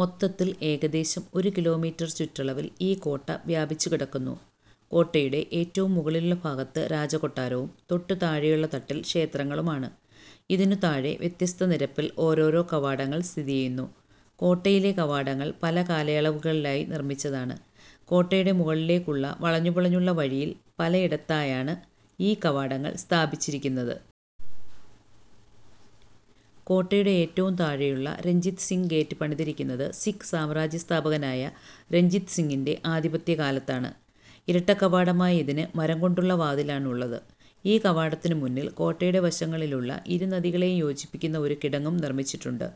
മൊത്തത്തിൽ ഏകദേശം ഒരു കിലോമീറ്റർ ചുറ്റളവിൽ ഈ കോട്ട വ്യാപിച്ചുകിടക്കുന്നു. കോട്ടയുടെ ഏറ്റവും മുകളിലുള്ള ഭാഗത്ത് രാജകൊട്ടാരവും, തൊട്ടു താഴെയുള്ള തട്ടിൽ ക്ഷേത്രങ്ങളുമാണ്. ഇതിനു താഴെ വ്യത്യസ്ത നിരപ്പിൽ ഓരോരോ കവാടങ്ങൾ സ്ഥിതി ചെയ്യുന്നു. കോട്ടയിലെ കവാടങ്ങൾ പല കാലയളവുകളിലായി നിർമ്മിച്ചതാണ്. കോട്ടയുടെ മുകളിലേക്കുള്ള വളഞ്ഞുപുളഞ്ഞുള്ള വഴിയിൽ പലയിടത്തായാണ് ഈ കവാടങ്ങൾ സ്ഥാപിച്ചിരിക്കുന്നത്. കോട്ടയുടെ ഏറ്റവും താഴെയുള്ള രഞ്ജിത് സിങ് ഗേറ്റ്' പണിതിരിക്കുന്നത് സിഖ് സാമ്രാജ്യസ്ഥാപകനായ രഞ്ജിത് സിങ്ങിന്റെ ആധിപത്യകാലത്താണ്. ഇരട്ടക്കവാടമായ ഇതിന് മരംകൊണ്ടുള്ള വാതിലാണുള്ളത്. ഈ കവാടത്തിനു മുന്നിൽ കോട്ടയുടെ വശങ്ങളിലുള്ള ഇരുനദികളെയും യോജിപ്പിക്കുന്ന ഒരു കിടങ്ങും നിർമ്മിച്ചിട്ടുണ്ട്.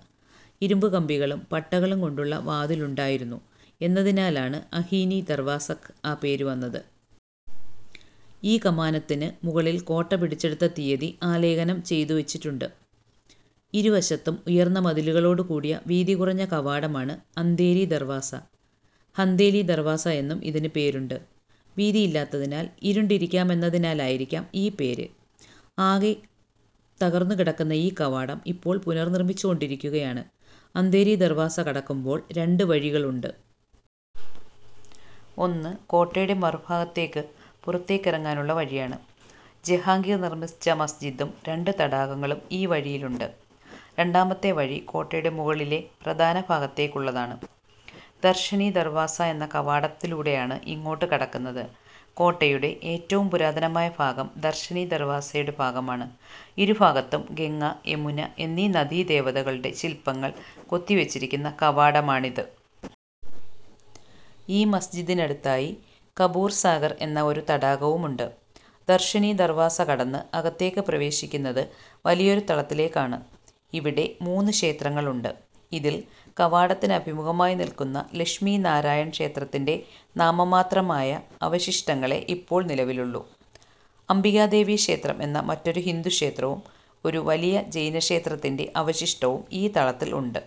ഇരുമ്പുകമ്പികളും പട്ടകളും കൊണ്ടുള്ള വാതിലുണ്ടായിരുന്നു എന്നതിനാലാണ് അഹീനി ദർവാസക്ക് ആ പേരുവന്നത്. ഈ കമാനത്തിനു മുകളിൽ കോട്ട പിടിച്ചെടുത്ത തിയതി ആലേഖനം ചെയ്തുവച്ചിട്ടുണ്ട്. ഇരുവശത്തും ഉയർന്ന മതിലുകളോടുകൂടിയ വീതികുറഞ്ഞ കവാടമാണ് അന്ധേരി ദർവാസ. ഹന്ദേലി ദർവാസ എന്നും ഇതിനുപേരുണ്ട്. വീതിയില്ലാത്തതിനാൽ ഇരുണ്ടിരിക്കാമെന്നതിനാലായിരിക്കാം ഈ പേര്. ആകെ തകർന്നുകിടക്കുന്ന ഈ കവാടം ഇപ്പോൾ പുനർനിർമ്മിച്ചുകൊണ്ടിരിക്കുകയാണ്. അന്ധേരി ദർവാസ കടക്കുമ്പോൾ രണ്ട് വഴികളുണ്ട്. ഒന്ന് കോട്ടയുടെ മറുഭാഗത്തേക്ക് പുറത്തേക്കിറങ്ങാനുള്ള വഴിയാണ്. ജഹാംഗീർ നിർമ്മിച്ച മസ്ജിദും, രണ്ടു തടാകങ്ങളും ഈ വഴിയിലുണ്ട്. രണ്ടാമത്തെ വഴി കോട്ടയുടെ മുകളിലെ പ്രധാനഭാഗത്തേക്കുള്ളതാണ്. ദർശനി ദർവാസ എന്ന കവാടത്തിലൂടെയാണ് ഇങ്ങോട്ടുകടക്കുന്നത്. കോട്ടയുടെ ഏറ്റവും പുരാതനമായ ഭാഗം ദർശനി ദർവാസയുടെ ഭാഗമാണ്. ഇരുഭാഗത്തും ഗംഗ, യമുന എന്നീ നദീദേവതകളുടെ ശില്പങ്ങൾ കൊത്തിവച്ചിരിക്കുന്ന കവാടമാണിത്. ഈ മസിജിദിനടുത്തായി കപൂർ സാഗർ എന്ന ഒരു തടാകവുമുണ്ട്. ദർശനി ദർവാസ കടന്ന് അകത്തേക്ക് പ്രവേശിക്കുന്നത് വലിയൊരു തളത്തിലേക്കാണ് ഇവിടെ മൂന്നു ക്ഷേത്രങ്ങളുണ്ട്. ഇതിൽ കവാടത്തിന് അഭിമുഖമായി നിൽക്കുന്ന ലക്ഷ്മീ നാരായൺ ക്ഷേത്രത്തിന്റെ നാമമാത്രമായ അവശിഷ്ടങ്ങളേ ഇപ്പോൾ നിലവിലുള്ളൂ. അംബികാദേവി ക്ഷേത്രം എന്ന മറ്റൊരു ഹിന്ദു ക്ഷേത്രവും, ഒരു വലിയ ജൈനക്ഷേത്രത്തിന്റെ അവശിഷ്ടവും ഈ തളത്തിലുണ്ട്.